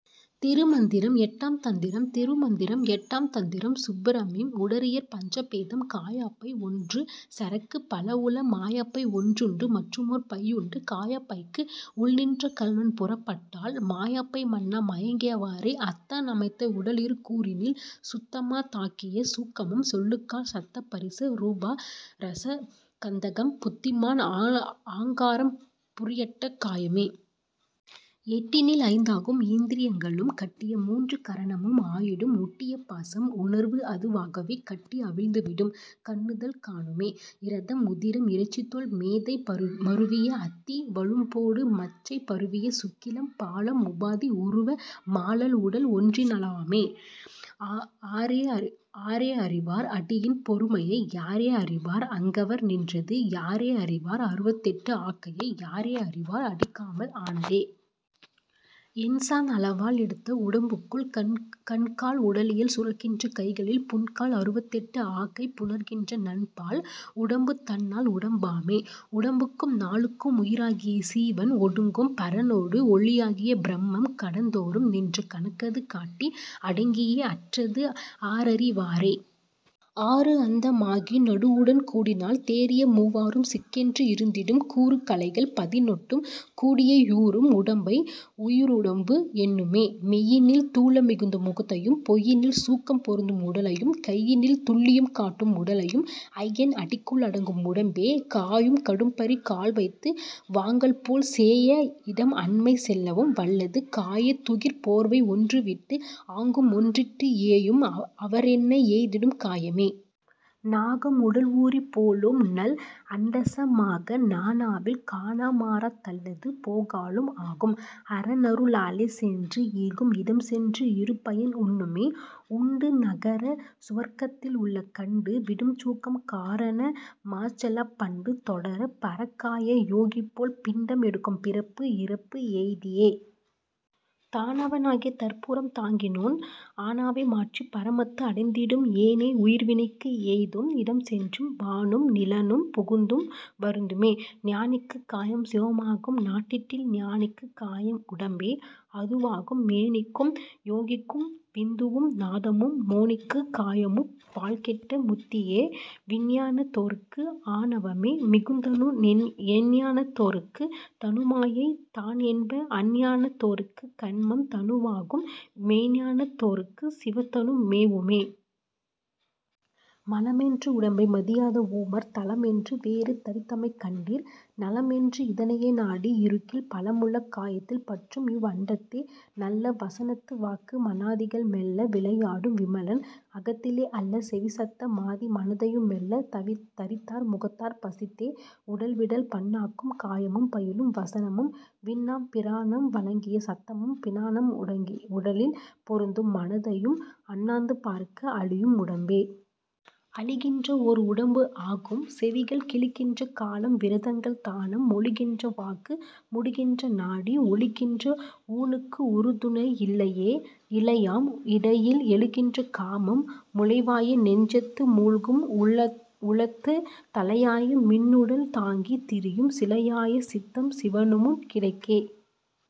திருமந்திரம் எட்டாம் தந்திரம் திருமந்திரம் எட்டாம் தந்திரம் சுப்பிராமேம். உடலிற் பஞ்சபேதம் காயப்பை ஒன்று சரக்குப் பலவுள மாயப்பை ஒன்றுண்டு மற்றுமோர் பையுண்டு காயப்பைக்கு உள்நின்ற கள்வன் புறப்பட்டால் மாயப்பை மண்ணா மயங்கிய வாறே. அத்தன் அமைத்த உடல்இரு கூறினில் சுத்தம தாகிய சூக்குமம் சொல்லுங்கால் சத்த பரிச ரூப ரசகந்தம் புத்திமான் ஆங்காரம் புரியட்ட காயமே. எட்டினில் ஐந்தாகும் இந்திரி யங்களும் கட்டிய மூன்று கரணமும் ஆயிடும் ஒட்டிய பாசம் உணர்வுஅது வாகவே கட்டி அவிழ்ந்திடும் கண்ணுதல் காணுமே. இரதம் உதிரம் இறைச்சிதோல் மேதை மருவிய அத்தி வழும்பொடு மச்சை பரவிய சுக்கிலம் பாழாம் உபாதி உருவ மலால்உடல் ஒன்றென லாமே. ஆரே அறிவார் அடியின் பெருமையை யாரே அறிவார் அங்கவர் நின்றது யாரே அறிவார் அறுபத்தெட்டு ஆக்கையை யாரே அறிவார் அடிக்காவல் ஆனதே. எண்சாண் அளவால் எடுத்த உடம்புக்குள் கண்கால் உடலில் சுரக்கின்ற கைகளில் புண்கால் அறுபத்தெட்டு ஆக்கை புணர்கின்ற நண்பால் உடம்பு தன் னால் உடம் பாமே. உடம்புக்கும் நாலுக்கும் உயிராகிய சீவன் ஒடுங்கும் பரனோடு ஒழியாகப் பிரமம் கடந்தொறும் நின்ற கணக்கது காட்டி அடங்கியே அற்றது ஆரறி வாறே. ஆறுஅந்த மாகி நடுவுடன் கூடினால் தேறிய மூவாறும் சிக்கென்று இருந்திடும் கூறுங் கலைகள் பதினெட்டும் கூடியே ஊறும் உடம்பை உயிருடம்பு எண்ணுமே. மெய்யினில் தூல மிகுந்த முகத்தையும் பொய்யினில் சூக்கம் பொருந்தும் உடலையும் கையினில் துல்லியம் காட்டும் உடலையும் ஐயன் அடிக்குள் அடங்கும் உடம்பே. காயும் கடும்பரி கால்வைத்து வாங்கல் போல் சேய இடம்அண்மை செல்லவும் வல்லது காயத் துகிர் போர்வை ஒன்றுவிட்டு ஆங்குஒன்றிட்டு ஏயும் அவரென்ன ஏய்ந்திடும் காயமே. நாகம் உடல்உரி போலும்நல் அண்டச மாக நனாவில் கானாமறந் தல்லது போகலும் ஆகும் அரன்அரு ளாலே சென்று ஏகும் இடம்சென்று இருபயன் உண்ணுமே. உண்டு நரக சுவர்கத்தில் உள்ளன கண்டு விடும்சூக்கம் காரண மாச்செலப் பண்டு தொடரப் பரகாய யோகிபோல் பிண்டம் எடுக்கும் பிறப்பு இறப்பு எய்தியே. தான்அவ னாகிய தற்பரம் தாங்கினோன் ஆனவை மாற்றிப் பரமத்து அடைந்திடும் ஏனை உயிர்வினைக்கு எய்தும் இடம்சென்றும் வானும் நிலனும் புகுந்தும் வருந்துமே. ஞானிக்குக் காயம் சிவமாகும் நாட்டிடில் ஞானிக்குக் காயம் உடம்பே அதுவாகும் மேனிக்கும் யோகிக்கும் விந்துவும் நாதமும் மோனிக்குக் காயம்முப் பாழ்கெட்ட முத்தியே. விஞ்ஞானத் தோர்க்குஆ ணவமே மிகுதனு எஞ்ஞானத் தோர்க்குத் தனுமாயை தான்என்ப அஞ்ஞானத் தோர்க்குக் கன்மம் தனுவாகும் மெஞ்ஞானத் தோர்க்குச் சிவதனு மேவுமே. மலமென்று உடம்பை மதியாத ஊமர் தலமென்று வேறு தரித்தமை கண்டீர் நலமென்று இதனையே நாடி இருக்கில் பலமுள்ள காயத்தில் பற்றும்இவ் அண்டத்தே. நல்ல வசனத்து வாக்கு மனாதிகள் மெல்ல விளையாடும் விமலன் அகத்திலே அல்ல செவிசத்த மாதி மனத்தையும் மெல்ல தரித்தார் முகத்தார் பசித்தே., உடல்விடல் பண்ணாக்கும் காமம் பயிலும் வசனமும் விண்ணாம் பிராணன் விளங்கிய சத்தமும் புண்ணாம் உடலில் பொருந்தும் மனத்தையும் அண்ணாந்து பார்க்க அழியும் உடம்பே. அழிகின்ற ஓர் உடம்பு ஆகும் செவிகள் கழிகின்ற காலவ் விரதங்கள் தானம் மொழிகின்ற வாக்கு முடிகின்ற நாடி ஒழிகின்ற ஊனுக்கு உறுதுணை இல்லையே. இலையாம் இடையில் எழுகின்ற காமம் முலைவாய நெஞ்சத்து மூழ்கும் உளத்துத் தலையாய மின்னுடல் தாங்கித் திரியும் சிலையாய சித்தம் சிவமுன் இடைக்கே..